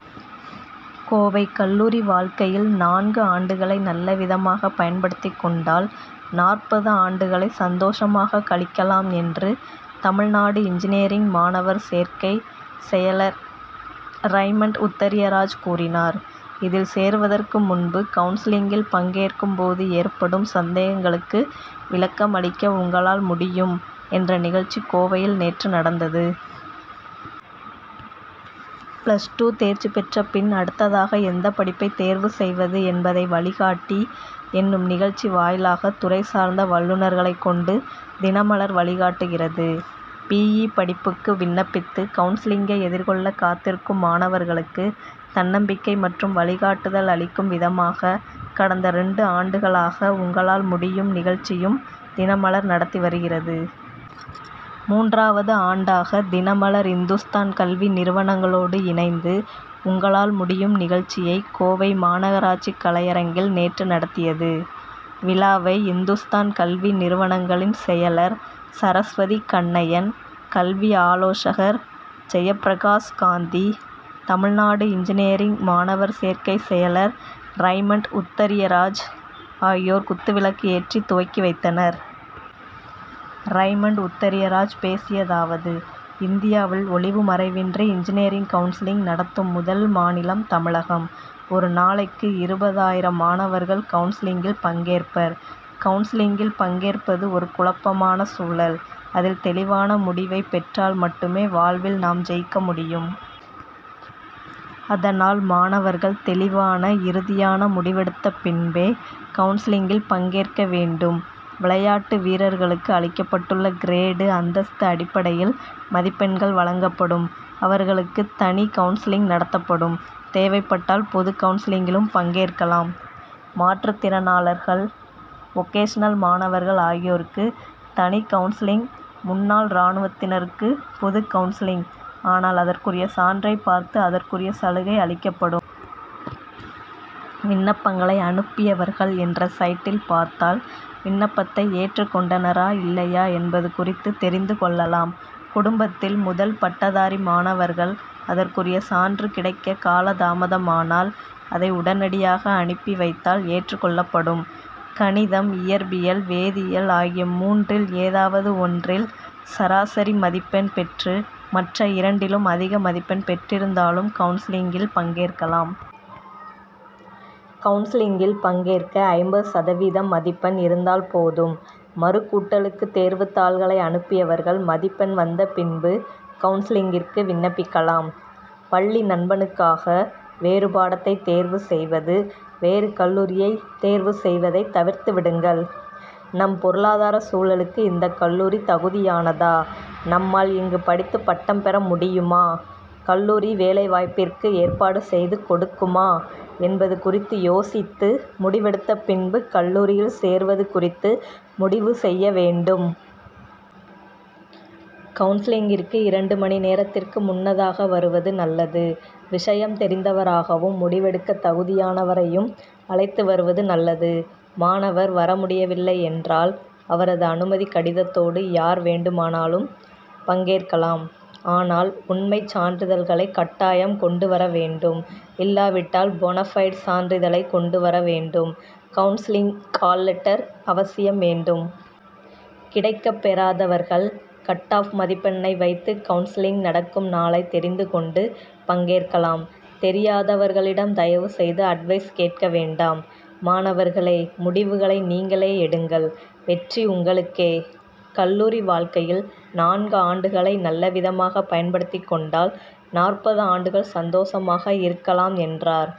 கோவை கல்லூரி வாழ்க்கையில் நான்கு ஆண்டுகளை நல்லவிதமாக பயன்படுத்திக்கொண்டால், நாற்பது ஆண்டுகளை சந்தோஷமாக கழிக்கலாம் என்று தமிழ்நாடு இன்ஜினியரிங் மாணவர் சேர்க்கை செயலர் ரைமண்ட் உத்தரியராஜ் கூறினார். இ., சேருவதற்கு முன்பு கவுன்சிலிங்கில் பங்கேற்கும்போது ஏற்படும் சந்தேகங்களுக்கு விளக்கம் அளிக்க உங்களால் முடியும்' என்ற நிகழ்ச்சி கோவையில் நேற்று நடந்தது. பிளஸ் டூ தேர்ச்சி பெற்ற பின் அடுத்ததாக எந்த படிப்பை தேர்வு செய்வது என்பதை வழிகாட்டி' எனும் நிகழ்ச்சி வாயிலாக துறை சார்ந்த வல்லுனர்களை கொண்டு தினமலர்' வழிகாட்டுகிறது. பி. இ., படிப்புக்கு விண்ணப்பித்து கவுன்சிலிங்கை எதிர்கொள்ள காத்திருக்கும் மாணவர்களுக்கு தன்னம்பிக்கை மற்றும் வழிகாட்டுதல் அளிக்கும் விதமாக, கடந்த இரண்டு ஆண்டுகளாக உங்களால் முடியும்' நிகழ்ச்சியையும் தினமலர் நடத்தி வருகிறது. மூன்றாவது ஆண்டாக தினமலர்' இந்துஸ்தான் கல்வி நிறுவனங்களோடு இணைந்து உங்களால் முடியும்' நிகழ்ச்சியை, கோவை மாநகராட்சி கலையரங்கில் நேற்று நடத்தியது. விழாவை இந்துஸ்தான் கல்வி நிறுவனங்களின் செயலர் சரஸ்வதி கண்ணையன், கல்வி ஆலோசகர் ஜெயப்பிரகாஷ் காந்தி, தமிழ்நாடு இன்ஜினியரிங் மாணவர் சேர்க்கை செயலர் ரைமண்ட் உத்தரியராஜ் ஆகியோர் குத்துவிளக்கேற்றி துவக்கி வைத்தனர். ரைமண்ட் உத்தரியராஜ் பேசியதாவது இந்தியாவில் ஒளிவு மறைவின்றி இன்ஜினியரிங் கவுன்சிலிங் நடத்தும் முதல் மாநிலம் தமிழகம். ஒரு நாளைக்கு இருபது ஆயிரம் மாணவர்கள் கவுன்சிலிங்கில் பங்கேற்பர். கவுன்சிலிங்கில் பங்கேற்பது ஒரு குழப்பமான சூழல். அதில் தெளிவான முடிவை பெற்றால் மட்டுமே வாழ்வில் நாம் ஜெயிக்க முடியும். அதனால் மாணவர்கள் தெளிவான இறுதியான முடிவெடுத்த பின்பே கவுன்சிலிங்கில் பங்கேற்க வேண்டும். விளையாட்டு வீரர்களுக்கு அளிக்கப்பட்டுள்ள கிரேடு, அந்தஸ்து அடிப்படையில் மதிப்பெண்கள் வழங்கப்படும் அவர்களுக்கு தனி கவுன்சிலிங் நடத்தப்படும். தேவைப்பட்டால் பொதுகவுன்சிலிங்கிலும் பங்கேற்கலாம். மாற்றுத்திறனாளர்கள், வொகேசனல் மாணவர்கள் ஆகியோருக்கு தனி கவுன்சிலிங், முன்னாள் ராணுவத்தினருக்கு பொதுகவுன்சிலிங் ஆனால் அதற்குரிய சான்றை பார்த்து அதற்குரிய சலுகை அளிக்கப்படும். விண்ணப்பங்களை அனுப்பியவர்கள் என்ற சைட்டில் பார்த்தால் விண்ணப்பத்தை ஏற்றுக்கொண்டனரா இல்லையா என்பது குறித்து தெரிந்து கொள்ளலாம். குடும்பத்தில் முதல் பட்டதாரி மாணவர்கள் அதற்குரிய சான்று கிடைக்க காலதாமதமானால் அதை உடனடியாக அனுப்பி வைத்தால் ஏற்றுக்கொள்ளப்படும். கணிதம், இயற்பியல், வேதியியல் ஆகிய மூன்றில் ஏதாவது ஒன்றில் சராசரி மதிப்பெண் பெற்று மற்ற இரண்டிலும் அதிக மதிப்பெண் பெற்றிருந்தாலும் கவுன்சிலிங்கில் பங்கேற்கலாம். கவுன்சிலிங்கில் பங்கேற்க ஐம்பது சதவீதம் மதிப்பெண் இருந்தால் போதும். மறுகூட்டலுக்கு தேர்வுத்தாள்களை அனுப்பியவர்கள் மதிப்பெண் வந்தபின்பு கவுன்சிலிங்கிற்கு விண்ணப்பிக்கலாம். பள்ளி நண்பனுக்காக வேறுபாடத்தை தேர்வு செய்வது, வேறு கல்லூரியை தேர்வு செய்வதை தவிர்த்து விடுங்கள். நம் பொருளாதார சூழலுக்கு இந்த கல்லூரி தகுதியானதா, நம்மால் இங்கு படித்து பட்டம் பெறமுடியுமா, கல்லூரி வேலைவாய்ப்பிற்கு ஏற்பாடு செய்து கொடுக்குமா, என்பது குறித்து யோசித்து முடிவெடுத்த பின்பு கல்லூரியில் சேருவது குறித்து முடிவு செய்ய வேண்டும். கவுன்சிலிங்கிற்கு இரண்டு மணி நேரத்திற்கு முன்னதாக வருவது நல்லது, விஷயம் தெரிந்தவராகவும், முடிவெடுக்க தகுதியானவரையும் அழைத்து வருவது நல்லது. மாணவர் வரமுடியவில்லை என்றால் அவரது அனுமதிகடிதத்தோடு யார் வேண்டுமென்றாலும் பங்கேற்கலாம். ஆனால் உண்மை சான்றிதழ்களை கட்டாயம் கொண்டு வரவேண்டும். இல்லாவிட்டால் போனபைடு சான்றிதழை கொண்டுவரவேண்டும். கவுன்சிலிங் கால் லெட்டர் அவசியம் வேண்டும். கிடைக்கப்பெறாதவர்கள் கட் ஆப் மதிப்பெண்ணை வைத்து கவுன்சிலங்க் நடக்கும் நாளை தெரிந்துகொண்டு பங்கேற்கலாம். தெரியாதவர்களிடம் தயவு செய்து அட்வைஸ் கேட்கவேண்டாம். மாணவர்களே முடிவுகளை நீங்களே எடுங்கள். வெற்றி உங்களுக்கே. கல்லூரி வாழ்க்கையில் நான்கு ஆண்டுகளை நல்லவிதமாக பயன்படுத்திக்கொண்டால், நாற்பது ஆண்டுகள் சந்தோஷமாக இருக்கலாம், என்றார்.